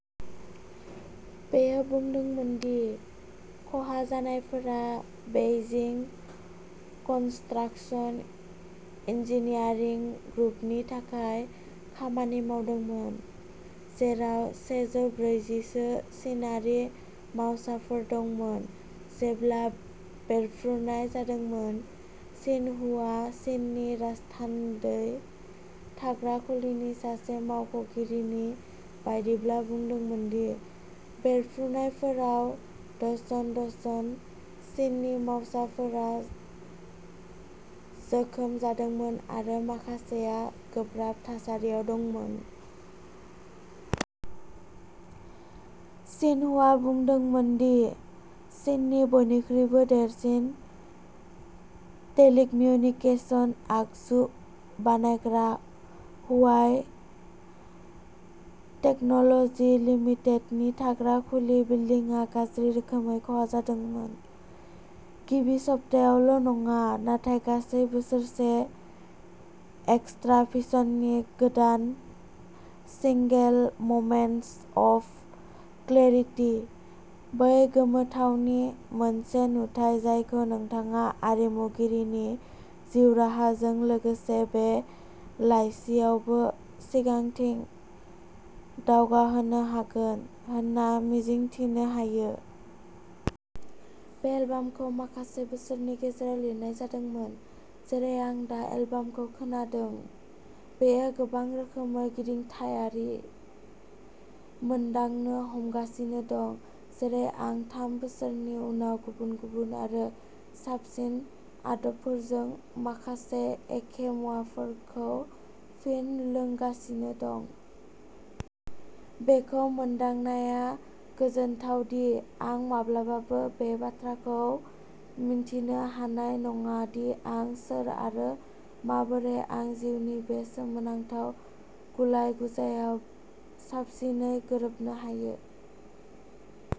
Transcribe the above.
बेयो बुंदोंमोन दि खहा जानायफोरा बेइजिं कन्सट्राक्शन इन्जिनियारिं ग्रुपनि थाखाय खामानि मावदोंमोन, जेराव सेजौ ब्रैजि सो चिनारि मावसाफोर दंमोन जेब्ला बेरफ्रुनाय जादोंमोन। सिनहुआ चिननि राजथान्दै थाग्रा खुलिनि सासे मावख'गिरिनि बायदिब्ला बुंदोंमोन दि बेरफ्रुनायफोराव डजन-डजन चिननि मावसाफोरा जोखोम जादोंमोन आरो माखासेआ गोब्राब थासारियाव दंमोन। सिनहुआ बुंदोंमोन दि चीननि बयनिख्रुइ देरसिन टेलिकम्युनिकेशन आगजु बानायग्रा हुवाई टेक्न'ल'जि लिमिटेडनि थाग्रा खुलि बिल्दिंआ गाज्रि रोखोमै खहा जादोंमोन। गिबि सप्तायावल' नङा, नाथाय गासै बोसोरसे एक्सट्राभिजननि गोदान सिंगेल, "ममेन्ट्स अफ क्लेरिटि", बै गोमोथावनि मोनसे नुथाइ जायखौ नोंथाङा आरिमुगिरिनि जिउ राहाजों लोगोसे बे लाइसिआवबो सिगांथिं दावगाहोनो हागोन होनना मिजिंथिनो हायो। बे एलबामखौ माखासे बोसोरनि गेजेराव लिरनाय जादोंमोन। जेरै आं दा एलबामखौ खोनादों, बेयो गोबां रोखोमै गिदिंथायारि मोनदांनो हमगासिनो दं। जेरै आं थाम बोसोरनि उनाव गुबुन-गुबुन आरो साबसिन आदबफोरजों माखासे एखे मुवाफोरखौ फिन लोंगासिनो दं। बेखौ मोनदांनाया गोजोनथाव दि आं माब्लाबाबो बे बाथ्राखौ मिन्थिनो हानाय नङा दि आं सोर आरो माबोरै आं जिउनि बे सोमोनांथाव गुलाय-गुजायाव साबसिनै गोरोबनो हायो।